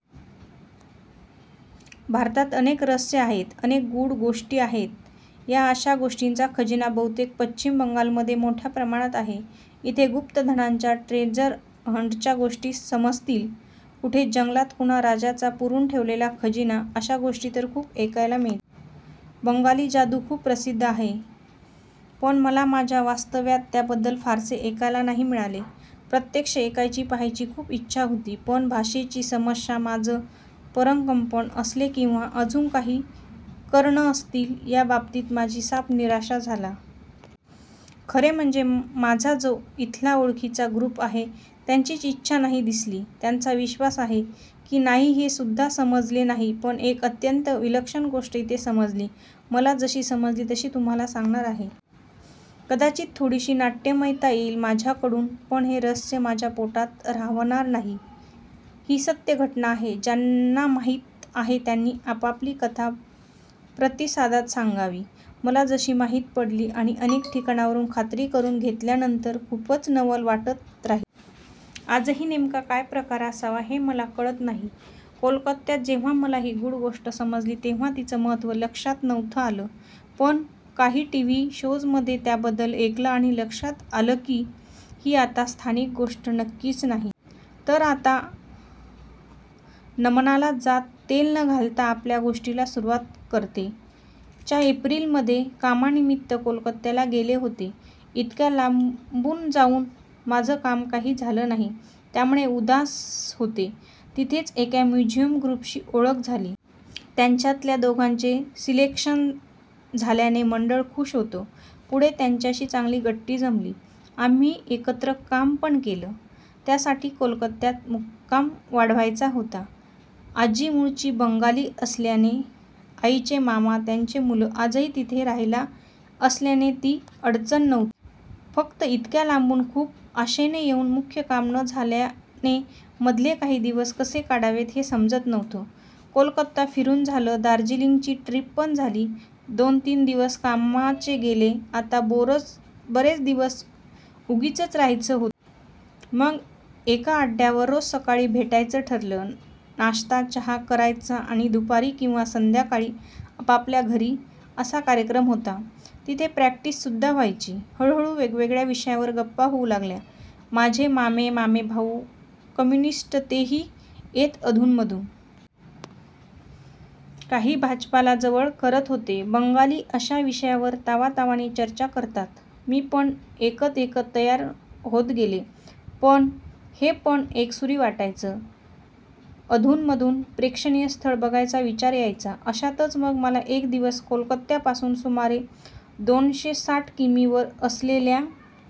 भारतात अनेक रहस्यं आहेत. अनेक गूढ गोष्टी आहेत. या अशा गोष्टींचा खजिना बहुतेक पश्चिम बंगाल मधे मोठ्या प्रमाणात आहे. इथे गुप्त धनाच्या, ट्रेजर हंटच्या गोष्टी समजतील, कुठे जंगलात कुणा राजाचा पुरून ठेवलेला खजिना अशा गोष्टी तर खूप ऐकायला मिळतात. बंगाली जादू खूप प्रसिद्ध आहे. पण मला माझ्या वास्तव्यात त्याबद्दल फारसे ऐकायला नाही मिळाले. प्रत्यक्ष ऐकायची पहायची खूपच इच्छा होती. पण भाषेची समस्या, माझं परकंपण असेल किंवा अजून काही कारणं असतील या बाबतीत माझी साफ निराशा झाला. खरे म्हणजे माझा जो इथला ओळखीचा ग्रुप आहे त्यांचीच इच्छा नाही दिसली. त्यांचा विश्वास आहे कि नाही हे सुद्धा समजले नाही. पण एक अत्यंत विलक्षण गोष्ट इथे समजली. मला जशी समजली तशीच तुम्हाला सांगणार आहे. कदाचित थोडीशी नाट्यमयता येईल माझ्याकडून. पण हे रहस्य माझ्या पोटात राहणारं नाही. ही सत्य घटना आहे. ज्यांना माहीत आहे त्यांनी आपापली कथा प्रतिसादात सांगावी. मला जशी माहीत पडली आणि अनेक ठिकाणावरून खात्री करून घेतल्यानंतर खूपच नवल वाटत राहीलं. आजही नेमका काय प्रकार असावा हे मला कळत नाही. कोलकात्यात जेव्हां मला ही गूढ गोष्ट समजली तेव्हां तिचं महत्व लक्षात नव्हतं आलं. पण काही टीव्ही शोज मधे पण त्याबद्दल ऐकलं आणि लक्षात आलं की ही आता स्थानिक गोष्ट नक्कीच नाही. तर आता नमनाला जास्त तेल न घालता आपल्या गोष्टीला सुरूवात करते. च्या एप्रिल मधे कामानिमित्त कोलकत्याला गेले होते. इतक्या लांबून जाऊन माझं काम काही झालं नाही. त्यामुळे उदास होते. तिथेच एका म्युझिक ग्रुपशी ओळख झाली. त्यांच्यातल्या दोघांचे सिलेक्शन झाल्याने मंडळ खूष होतं. पुढे त्यांच्याशी चांगली गट्टी जमली. आम्ही एकत्र काम पण केलं. त्यासाठी कोलकात्यात मुक्काम वाढवायचा होता. आजी मूळची बंगाली असल्याने आईचे मामा, त्यांची मुलं आजही तिथे रहायला असल्याने ती अडचण नव्हती. फक्त इतक्या लांबून खूप आशेने येऊन मुख्य काम न झाल्याने मधले काही दिवस कसे काढावेत हे समजत नव्हतं. कोलकाता फिरून झालं. दार्जिलिंगची ट्रीप पण झाली. दोन तीन दिवस कामाचे गेले. आता बरेच दिवस उगीचच रहायचं होतं. मग एका अड्ड्यावर रोज सकाळी भेटायचं ठरलं. नाश्ता चहा करायचा आणि दुपारी किंवा संध्याकाळी आपापल्या घरी असा कार्यक्रम होता. तिथे प्रॅक्टीस सुद्धा व्हायची. हळूहळू वेगवेगळ्या विषयांवर गप्पा होऊ लागल्या. माझे मामे-मामेभाऊ कम्युनिस्ट. ते ही येत अधून मधून. काही भाजपला जवळ करत होते. बंगाली अशा विषयावर तावातावाने चर्चा करतात. मी पण ऐकत ऐकत तयार होते गेले. पण हे पण एकसुरी वाटायचं. अधून मधून प्रेक्षणीय स्थळं बघायचा विचार यायचा. अशातच मग मला एक दिवस कोलकात्यापासून सुमारे दोनशे साठ किमी वर असलेल्या,--